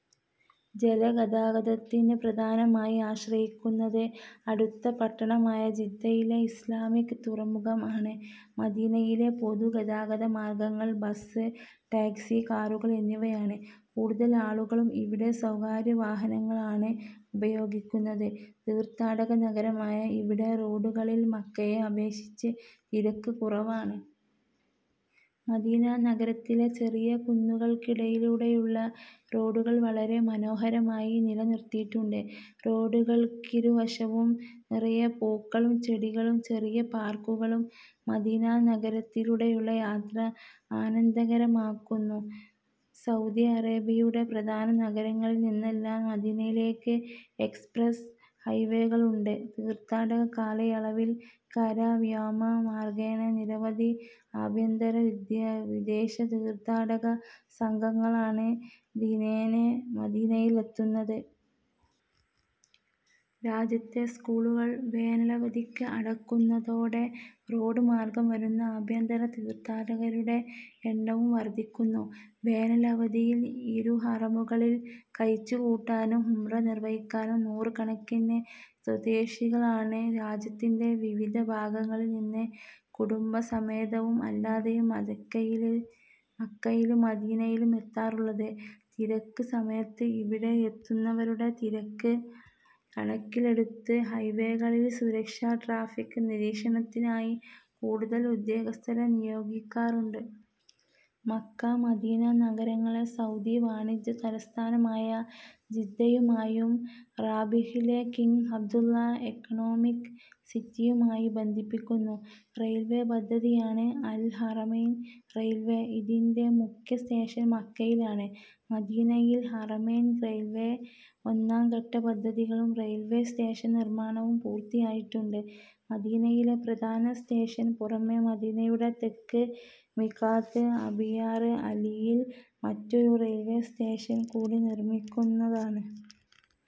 ജല ഗതാഗതത്തിന് പ്രധാനമായി ആശ്രയിക്കുന്നത് അടുത്ത പട്ടണമായ ജിദ്ദയിലെ ഇസ്ലാമിക് തുറമുഖം ആണ് മദീനയിലെ പൊതു ഗതാഗത മാർഗങ്ങൾ ബസ്, ടാക്സി കാറുകൾ എന്നിവയാണ്. കൂടുതൽ ആളുകളും ഇവിടെ സ്വകാര്യ വാഹനങ്ങൾ ആണ് ഉപയോഗിക്കുന്നത്. തീർത്ഥാടക നഗരമായ ഇവിടെ റോഡുകളിൽ മക്കയെ അപേക്ഷിച്ച് തിരക്ക് കുറവാണ്. മദീന നഗരത്തിലെ ചെറിയ കുന്നുകൾക്കിടയിലൂടെയുള്ള റോഡുകൾ വളരെ മനോഹരമായി നില നിർത്തിയിട്ടുണ്ട്. റോഡുകൾക്കിരു വശവും നിറയെ പൂക്കളും ചെടികളും ചെറിയ പാർക്കുകളും മദീനാ നഗരത്തിലൂടെയുള്ള യാത്ര ആനന്ദകരമാക്കുന്നു. സൗദി അറേബ്യയുടെ പ്രധാന നഗരങ്ങളിൽ നിന്നെല്ലാം മദീനയിലേക്ക് എക്സ്പ്രസ് ഹൈവേകളുണ്ട്. തീർത്ഥാടക കാലയളവിൽ കര, വ്യോമ മാർഗേണ നിരവധി അഭ്യന്തര, വിദേശ തീർത്ഥാടക സംഘങ്ങളാണ് ദിനേന മദീനയിൽ എത്തുന്നത്. രാജ്യത്തെ സ്കൂളുകൾ വേനലവധിക്ക് അടക്കുന്നതോടെ റോഡ് മാർഗ്ഗം വരുന്ന ആഭ്യന്തര തീർഥാടകരുടെ എണ്ണവുംവർധിക്കുന്നു. വേനലവധിയിൽ ഇരു ഹറമുകളിൽ കഴിച്ചുകൂട്ടാനും ഉംറ നിർവഹിക്കാനും നൂറുക്കണക്കിന് സ്വദേശികളാണ് രാജ്യത്തിന്റെ വിവിധ ഭാഗങ്ങളിൽ നിന്ന് കുടുംബ സമേതവും അല്ലാതെയും മക്കയിലും മദീനയിലും എത്താറുള്ളത്. തിരക്ക് സമയത്ത് ഇവിടെ എത്തുന്നവരുടെ തിരക്ക് കണക്കിലെടുത്ത് ഹൈവേകളിൽ സുരക്ഷ, ട്രാഫിക് നിരീക്ഷണത്തിനായി കൂടുതൽ ഉദ്യോഗസ്ഥരെ നിയോഗിക്കാറുണ്ട്. മക്ക, മദീന നഗരങ്ങളെ സൗദി വാണിജ്യ തലസ്ഥാനമായ ജിദ്ദയുമായും റാബിഗിലെ കിങ് അബ്ദുല്ല എകണോമിക് സിറ്റിയുമായും ബന്ധിപ്പിക്കുന്ന റെയിൽവെ പദ്ധതിയാണ് അൽ ഹറമൈൻ റെയിൽവേ. ഇതിന്റെ മുഖ്യ സ്റ്റേഷന് മക്കയിലാണ്. മദീനയിൽ ഹറമൈൻ റെയിൽവേ ഒന്നാംഘട്ട പദ്ധതികളും റെയിൽവേ സ്റ്റേഷൻ നിർമ്മാണവും പൂർത്തിയായിട്ടുണ്ട്. മദീനയിലെ പ്രധാന സ്റ്റേഷന് പുറമേ മദീനയുടെ തെക്ക് മീഖാത്ത് അബിയാർ അലിയിൽ മറ്റൊരു റെയിൽവേ സ്റ്റേഷൻ കൂടി നിർമിക്കുന്നതാണ്.